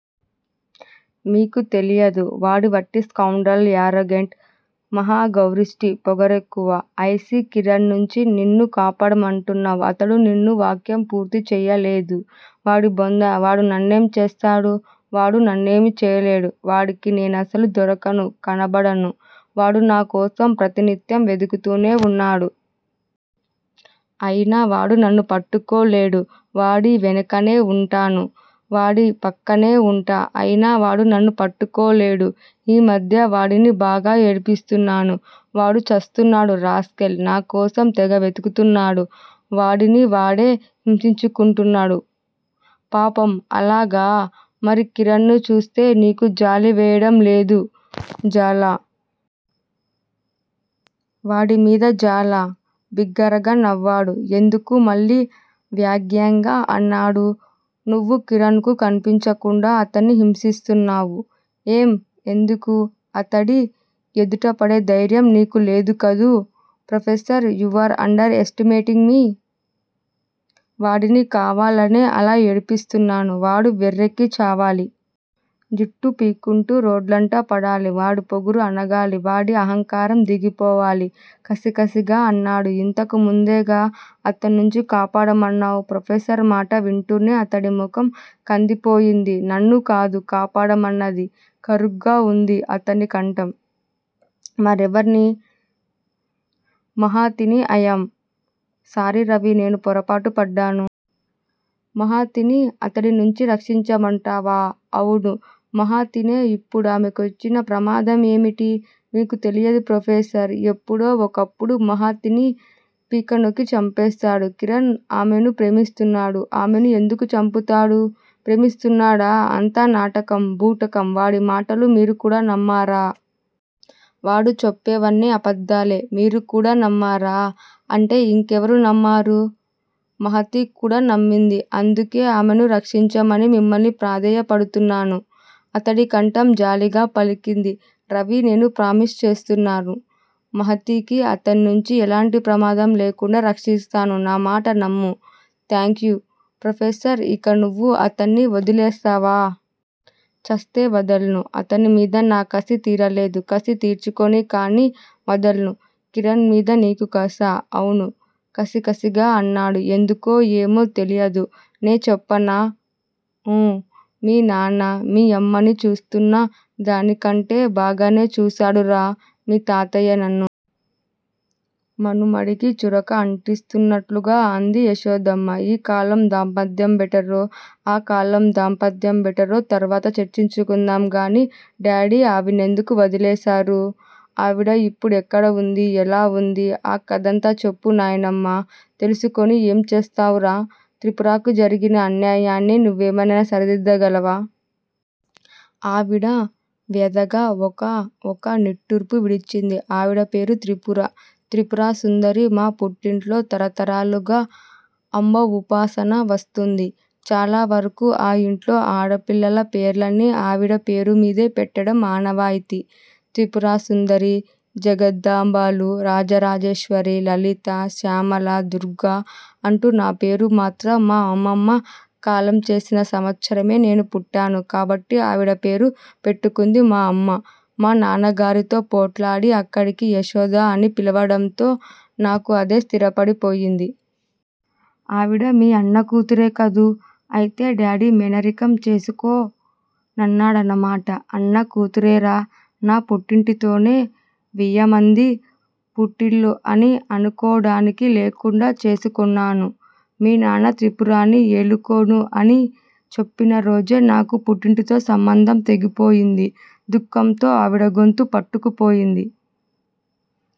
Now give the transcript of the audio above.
మీకు తెలియదు. వాడు వట్టి స్కౌండ్రల్, యారోగంట్. మహాగర్విష్టి. పొగరెక్కువ. ఐసీ కిరణ్ నుంచి నిన్నుకాపాడమంటున్నావ్. అతడు నిన్ను వాక్యం పూర్తి చెయ్యలేదు. వాడి బొంద. వాడు నన్నేం చేస్తాడు? వాడు నన్నేమీ చేయలేడు. వాడికి నేనసలు దొరకను, కనపడను. వాడునా కోసం ప్రతి నిత్యం వెదుకుతూనే వున్నాడు. అయినా వాడు నన్నుపట్టుకోలేడు. వాడి వెనకనే ఉంటాను. వాడి పక్కనే ఉంటా. అయినావాడు నన్ను పట్టుకోలేడు. ఈ మధ్య వాడిని బాగా ఏడ్పిస్తున్నాను. వాడు చస్తున్నాడు రాస్కెల్. నాకోసం తెగవెతుకుతున్నాడు. వాడిని వాడే హింసించుకుంటున్నాడు. పాపం అలాగా? మరి కిరణ్ ను చూస్తే నీకు జాలి వెయ్యడం లేదూ జాలా? వాడి మీద జాలా? బిగ్గరగా నవ్వాడు. ఎందుకూ మళ్ళీ వ్యంగ్యంగా అన్నాడు. నువ్వు కిరణ్ కు కన్పించకుండా అతడ్ని హింసిస్తున్నావు. ఏం ఎందుకు? అతడి ఎదుటపడే ధైర్యం నీకు లేదుకదూ. Professor! You are underestimating me. వాడిని కావాలనే అలా ఏడ్పిస్తున్నాను. వాడు వెర్రెక్కి చావాలి. జుట్టు పీక్కుంటూ రోడ్లంట పడాలి. వాడిపొగరు అణగాలి. వాడి అహంకారందిగిపోవాలి కసికసిగా అన్నాడు. ఇంతకు ముందేగా అతడ్నుంచికాపాడమన్నావ్? ప్రొఫెసర్ మాట వింటూనే అతని ముఖం కందిపోయింది. నన్ను కాదు కాపాడమన్నది కరుగ్గా వుంది అతని కంఠం. మరెవర్ని? మహతిని ఐయామ్ సారీ రవి! నేను పొరపాటు పడ్డాను. మహతిని అతడి నుంచి రక్షించమంటావా? అవును. మహతినే ఇప్పుడామె కొచ్చిన ప్రమాదం ఏమిటి? మీకు తెలియదు ప్రొఫెసర్. ఎప్పుడో ఒకప్పుడు మహతిని పీక నొక్కి చంపేస్తాడు. కిరణ్ ఆమెను ప్రేమిస్తున్నాడు. ఆమెను ఎందుకు చంపుతాడు? ప్రేమిస్తున్నాడా? అంతా నాటకం. బూటకం. వాడి మాటలు మీరు కూడా నమ్మారా? వాడుచెప్పేవన్నీ అబద్దాలే మీరు కూడా నమ్మారా అంటే ఇంకెవరు నమ్మారు? మహతి కూడానమ్మింది. అందుకే ఆమెను రక్షించమని మిమ్మల్ని ప్రాధేయ పడుతున్నాను అతడి కంఠం జాలిగా పలికింది. రవి, నేను ప్రామిస్ చేస్తున్నాను. మహతికి అతడ్నుంచి ఎలాంటి ప్రమాదం లేకుండా రక్షిస్తాను. నా మాట నమ్ము థాంక్యూ, ప్రొఫెసర్ ఇక నువు అతడ్ని వొదిలేస్తావా? ఛస్తే వదల్ను. అతడి మీద నా కసి తీరలేదు. కసి తీర్చుకొని కాని వదల్ను కిరణ్ మీద నీకు కసా? అవును కసి కసిగా అన్నాడు. ఎందుకూ ఏమో తెలియదు నే చెప్పనా? ఊ। మీ నాన్న మీ అమ్మని చూస్తున్న దానికంటే బాగానే చూశాడురా మీ తాతయ్య నన్ను! మనుమడికి చురక అంటిస్తూన్నట్టుగా అంది యశోదమ్మ. ఈ కాలం దాంపత్యం బెటరో, ఆ కాలం దాంపత్యం బెటరో తరువాత చర్చించుకుందాంగాని డాడి ఆవణ్నేందుకు వదిలేశారు? ఆవిడ ఇప్పుడు ఎక్కడుంది? ఎలా ఎంది? ఆ కథంతా చెప్పు నాయనమ్మ! తెలుసుకొని ఏం చేస్తావురా? త్రిపురకి జరిగిన అన్యాయాన్ని నువ్వెమైన సరిదిద్ధగాలవా? ఆవిడ వ్యదగా ఒక ఒక నిట్టూర్పు విడించిది. ఆవిడ పేరు త్రిపురా? త్రిపురసుందరి మా పుట్టింట్లో తరతరాలుగా అంబ ఉపాసన వస్తూంది చాలావరకు ఆ ఇంట్లో ఆడపిల్లల పేర్లన్నీ ఆవిడ పేరుమీదే పెట్టడం ఆనవాయితి! త్రిపురసుందరి. జగదాంబాలు, రాజరాజేశ్వరి, లలిత, శ్యామల, దుర్గా అంటూ. నాపేరు మాత్రం మా అమ్మమ్మ కాలంచేసిన సంవత్సరమే నేను పుట్టాను కాబట్టి ఆవిడ పేరు పెట్టుకొంది మా అమ్మ, మానాన్న గారితో పోట్లాడి, అక్కడికి యశోద అని పిలువడంతో నాకు అదే స్ధిరపడి పోయింది! ఆవిడ మీ అన్నకూతురే కదూ? అయితే డాడి మేనరికం చేసుకొన్నాడన్న మాట! అన్నకుతురేరా! నా పుట్టింటితోనే వియ్యమంది పుట్టిల్లు అని అనుకోడానికి లేకుండా చేసుకొన్నాను! మీ నాన్న త్రిపురని ఎలుకోను అని చెప్పిన రోజే నాకు పుట్టింటితో సంబంధం తెగిపోయింది! దుఃఖం తో ఆవిడ గొంతు పట్టుకుపోయింది.